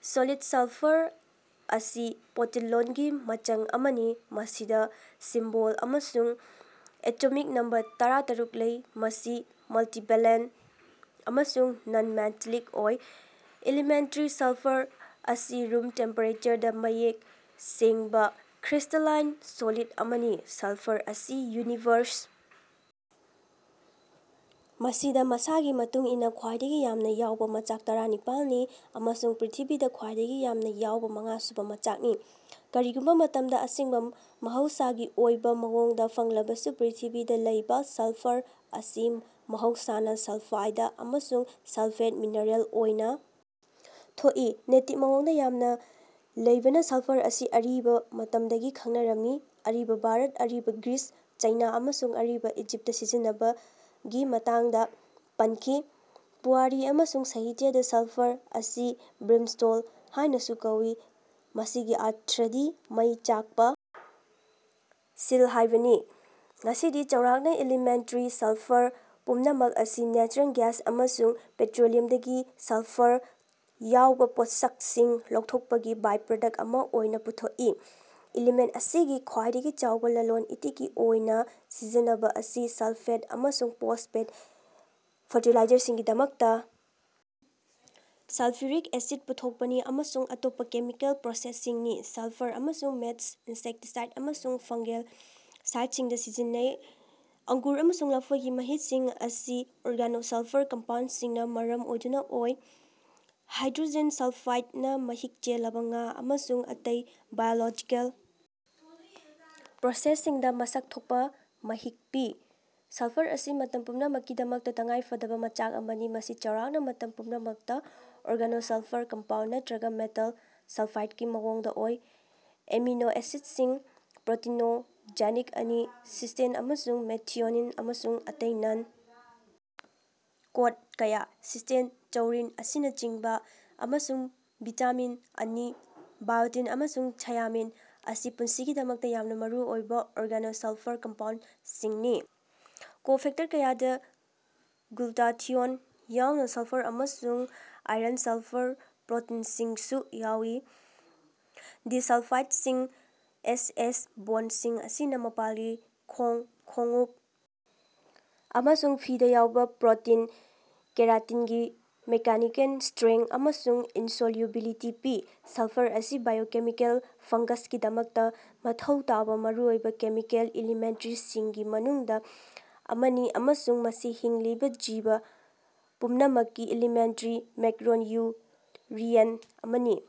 Solid sulphur ꯑꯁꯤ ꯄꯣꯠꯇꯤꯟꯂꯣꯟꯒꯤ ꯃꯆꯪ ꯑꯃꯅꯤ꯫ ꯃꯁꯤꯗ ꯁꯤꯝꯕꯣꯜ ꯑꯃꯁꯨꯡ ꯑꯦꯇꯣꯃꯤꯛ ꯅꯝꯕꯔ ꯇꯔꯥ ꯇꯔꯨꯛ ꯂꯩ꯫ ꯃꯁꯤ ꯃꯜꯇꯤꯚꯦꯂꯦꯟꯇ ꯑꯃꯁꯨꯡ ꯅꯟ ꯃꯦꯇꯥꯂꯤꯛ ꯑꯣꯏ꯫ ꯏꯂꯤꯃꯦꯟꯇꯔꯤ ꯁꯜꯐꯔ ꯑꯁꯤ ꯔꯨꯝ ꯇꯦꯝꯄꯦꯔꯦꯆꯔꯗ ꯃꯌꯦꯛ ꯁꯦꯡꯕ ꯀ꯭ꯔꯤꯁꯇꯦꯂꯥꯏꯟ ꯁꯣꯂꯤꯗ ꯑꯃꯅꯤ꯫ ꯁꯜꯐꯔ ꯑꯁꯤ ꯌꯨꯅꯤꯚꯔꯁ ꯃꯁꯤꯗ ꯃꯥꯁꯥꯀꯤ ꯃꯇꯨꯡ ꯏꯟꯅ ꯈ꯭ꯋꯥꯏꯗꯒꯤ ꯌꯥꯝꯅ ꯌꯥꯎꯕ ꯃꯆꯥꯛ ꯇꯔꯥꯅꯤꯄꯥꯜꯅꯤ ꯑꯃꯁꯨꯡ ꯄ꯭ꯔꯤꯊꯤꯕꯤꯗ ꯈ꯭ꯋꯥꯏꯗꯒꯤ ꯌꯥꯝꯅ ꯌꯥꯎꯕ ꯃꯉꯥꯁꯨꯕ ꯃꯆꯥꯛꯅꯤ꯫ ꯀꯔꯤꯒꯨꯝꯕ ꯃꯇꯝꯗ ꯑꯁꯦꯡꯕ ꯃꯍꯧꯁꯥꯒꯤ ꯑꯣꯏꯕ ꯃꯑꯣꯡꯗꯥ ꯐꯪꯂꯕꯁꯨ ꯄ꯭ꯔꯤꯊꯤꯕꯤꯗ ꯂꯩꯕ ꯁꯜꯐꯔ ꯑꯁꯤ ꯃꯍꯧꯁꯥꯅ ꯁꯜꯐꯥꯏꯗ ꯑꯃꯁꯨꯡ ꯁꯜꯐꯦꯠ ꯃꯤꯅꯔꯦꯜ ꯑꯣꯏꯅ ꯊꯣꯛꯏ꯫ ꯅꯦꯇꯤꯕ ꯃꯑꯣꯡꯗ ꯌꯥꯝꯅ ꯂꯩꯕꯅ ꯁꯜꯐꯔ ꯑꯁꯤ ꯑꯔꯤꯕ ꯃꯇꯝꯗꯒꯤ ꯈꯪꯅꯔꯝꯃꯤ꯫ ꯑꯔꯤꯕ ꯚꯥꯔꯠ, ꯑꯔꯤꯕ ꯒ꯭ꯔꯤꯁ, ꯆꯥꯏꯅ ꯑꯃꯁꯨꯡ ꯑꯔꯤꯕ ꯏꯖꯤꯞꯇ ꯁꯤꯖꯤꯟꯅꯕꯒꯤ ꯃꯇꯥꯡꯗ ꯄꯟꯈꯤ꯫ ꯄꯨꯋꯥꯔꯤ ꯑꯃꯁꯨꯡ ꯁꯥꯍꯤꯇ꯭ꯌꯗ ꯁꯜꯐꯔ ꯑꯁꯤ ꯕ꯭ꯔꯤꯝꯁ꯭ꯇꯣꯟ ꯍꯥꯏꯅꯁꯨ ꯀꯧꯏ꯫ ꯃꯁꯤꯒꯤ ꯑꯔꯊꯗꯤ "ꯃꯩ ꯆꯥꯛꯄ ꯁꯤꯜ" ꯍꯥꯏꯕꯅꯤ꯫ ꯉꯁꯤꯗꯤ ꯆꯥꯎꯔꯥꯛꯅ ꯏꯂꯤꯃꯦꯟꯇꯔꯤ ꯁꯜꯐꯔ ꯄꯨꯝꯅꯃꯛ ꯑꯁꯤ ꯅꯦꯆꯔꯦꯜ ꯒ꯭ꯌꯥꯁ ꯑꯃꯁꯨꯡ ꯄꯦꯇ꯭ꯔꯣꯂꯤꯌꯝꯗꯒꯤ ꯁꯜꯐꯔ ꯌꯥꯎꯕ ꯄꯣꯠꯁꯛꯁꯤꯡ ꯂꯧꯊꯣꯛꯄꯒꯤ ꯕꯥꯏꯄ꯭ꯔꯗꯛꯠ ꯑꯃ ꯑꯣꯏꯅ ꯄꯨꯊꯣꯛꯏ꯫ ꯏꯂꯤꯃꯦꯟꯇ ꯑꯁꯤꯒꯤ ꯈ꯭ꯋꯥꯏꯗꯒꯤ ꯆꯥꯎꯕ ꯂꯂꯣꯟ ꯏꯇꯤꯛꯀꯤ ꯑꯣꯏꯅ ꯁꯤꯖꯤꯟꯅꯕ ꯑꯁꯤ ꯁꯜꯐꯦꯠ ꯑꯃꯁꯨꯡ ꯐꯣꯁꯐꯦꯠ ꯐꯔꯇꯤꯂꯥꯏꯖꯔꯁꯤꯡꯒꯤꯗꯃꯛꯇ ꯁꯜꯐ꯭ꯌꯨꯔꯤꯛ ꯑꯦꯁꯤꯗ ꯄꯨꯊꯣꯛꯄꯅꯤ ꯑꯃꯁꯨꯡ ꯑꯇꯣꯞꯄ ꯀꯦꯃꯤꯀꯦꯜ ꯄ꯭ꯔꯣꯁꯦꯁꯁꯤꯡꯅꯤ꯫ ꯁꯜꯐꯔ ꯑꯁꯤ ꯃꯦꯆ, ꯏꯟꯁꯦꯛꯇꯤꯁꯥꯏꯗ ꯑꯃꯁꯨꯡ ꯐꯪꯒꯦꯜ ꯁꯥꯏꯗꯁꯤꯡꯗ ꯁꯤꯖꯤꯟꯅꯩ꯫ ꯑꯡꯒꯨꯔ ꯑꯃꯁꯨꯡ ꯂꯐꯣꯏꯒꯤ ꯃꯍꯤꯛꯁꯤꯡ ꯑꯁꯤ ꯑꯣꯔꯒꯥꯅꯣꯁꯜꯐꯔ ꯀꯝꯄꯥꯎꯟꯗꯁꯤꯡꯅ ꯃꯔꯝ ꯑꯣꯏꯗꯨꯅ ꯑꯣꯏ꯫ ꯍꯥꯏꯗ꯭ꯔꯣꯖꯦꯟ ꯁꯜꯐꯥꯏꯗꯅ ꯃꯍꯤꯛ ꯆꯦꯜꯂꯕ ꯉꯥ ꯑꯃꯁꯨꯡ ꯑꯇꯩ ꯕꯥꯏꯑꯣꯂꯣꯖꯤꯀꯦꯜ ꯄ꯭ꯔꯣꯁꯦꯁꯁꯤꯡꯗ ꯃꯁꯛ ꯊꯣꯛꯄ ꯃꯍꯤꯛ ꯄꯤ꯫ ꯁꯜꯐꯔ ꯑꯁꯤ ꯃꯇꯝ ꯄꯨꯝꯅꯃꯛꯀꯤꯗꯃꯛꯇ ꯇꯉꯥꯏꯐꯗꯕ ꯃꯆꯥꯛ ꯑꯃꯅꯤ꯫ ꯃꯁꯤ ꯆꯥꯎꯔꯥꯛꯅ ꯃꯇꯝ ꯄꯨꯝꯅꯃꯛꯇ ꯑꯣꯔꯒꯥꯅꯣꯁꯜꯐꯔ ꯀꯝꯄꯥꯎꯟꯗ ꯅꯠꯇ꯭ꯔꯒ ꯃꯦꯇꯜ ꯁꯜꯐꯥꯏꯗꯀꯤ ꯃꯑꯣꯡꯗ ꯑꯣꯏ꯫ ꯑꯦꯃꯤꯅꯣ ꯑꯦꯁꯤꯗꯁꯤꯡ (ꯄ꯭ꯔꯣꯇꯤꯅꯣꯖꯦꯅꯤꯛ ꯑꯅꯤ: ꯁꯤꯁ꯭ꯇꯦꯟ ꯑꯃꯁꯨꯡ ꯃꯦꯊꯤꯑꯣꯅꯤꯟ, ꯑꯃꯁꯨꯡ ꯑꯇꯩ ꯅꯟ ꯀꯣꯗ ꯀꯌꯥ: ꯁꯤꯁ꯭ꯇꯤꯟ, ꯇꯧꯔꯤꯟ ꯑꯁꯤꯅꯆꯤꯡꯕ) ꯑꯃꯁꯨꯡ ꯚꯤꯇꯥꯃꯤꯟ ꯑꯅꯤ (ꯕꯥꯏꯑꯣꯇꯤꯟ ꯑꯃꯁꯨꯡ ꯊꯥꯏꯌꯥꯃꯤꯟ) ꯑꯁꯤ ꯄꯨꯟꯁꯤꯒꯤꯗꯃꯛꯇ ꯌꯥꯝꯅ ꯃꯔꯨꯑꯣꯏꯕ ꯑꯣꯔꯒꯥꯅꯣꯁꯜꯐꯔ ꯀꯝꯄꯥꯎꯟꯗꯁꯤꯡꯅꯤ꯫ ꯀꯣꯐꯦꯛꯇꯔ ꯀꯌꯥꯗ ꯒ꯭ꯂꯨꯇꯥꯊꯤꯑꯣꯟ ꯌꯥꯎꯅ ꯁꯜꯐꯔ ꯑꯃꯁꯨꯡ ꯑꯥꯏꯔꯟꯁꯜꯐꯔ ꯄ꯭ꯔꯣꯇꯤꯟꯁꯤꯡꯁꯨ ꯌꯥꯎꯏ꯫ ꯗꯤꯁꯜꯐꯥꯏꯗꯁꯤꯡ, ꯑꯦꯁꯑꯦꯁ ꯕꯣꯟꯗꯁꯤꯡ ꯑꯁꯤꯅ ꯃꯄꯥꯟꯒꯤ ꯈꯣꯡ, ꯈꯣꯡꯎꯞ ꯑꯃꯁꯨꯡ ꯐꯤꯗꯥ ꯌꯥꯎꯕ ꯄ꯭ꯔꯣꯇꯤꯟ ꯀꯦꯔꯥꯇꯤꯟꯒꯤ ꯃꯦꯀꯥꯅꯤꯀꯦꯜ ꯁꯇ꯭ꯔꯦꯡꯊ ꯑꯃꯁꯨꯡ ꯏꯟꯁꯣꯜꯌꯨꯕꯤꯂꯤꯇꯤ ꯄꯤ꯫ ꯁꯜꯐꯔ ꯑꯁꯤ ꯕꯥꯏꯑꯣꯀꯦꯃꯤꯀꯦꯜ ꯐꯪꯒꯁꯒꯤꯗꯃꯛꯇ ꯃꯊꯧ ꯇꯥꯕ ꯃꯔꯨꯑꯣꯏꯕ ꯀꯦꯃꯤꯀꯦꯜ ꯏꯂꯤꯃꯦꯟꯇꯁꯤꯡꯒꯤ ꯃꯅꯨꯡꯗ ꯑꯃꯅꯤ ꯑꯃꯁꯨꯡ ꯃꯁꯤ ꯍꯤꯡꯂꯤꯕ ꯖꯤꯕ ꯄꯨꯝꯅꯃꯛꯀꯤ ꯏꯂꯤꯃꯦꯟꯇꯔꯤ ꯃꯦꯛꯔꯣꯟꯌꯨꯠꯔꯤꯑꯦꯟꯇ ꯑꯃꯅꯤ꯫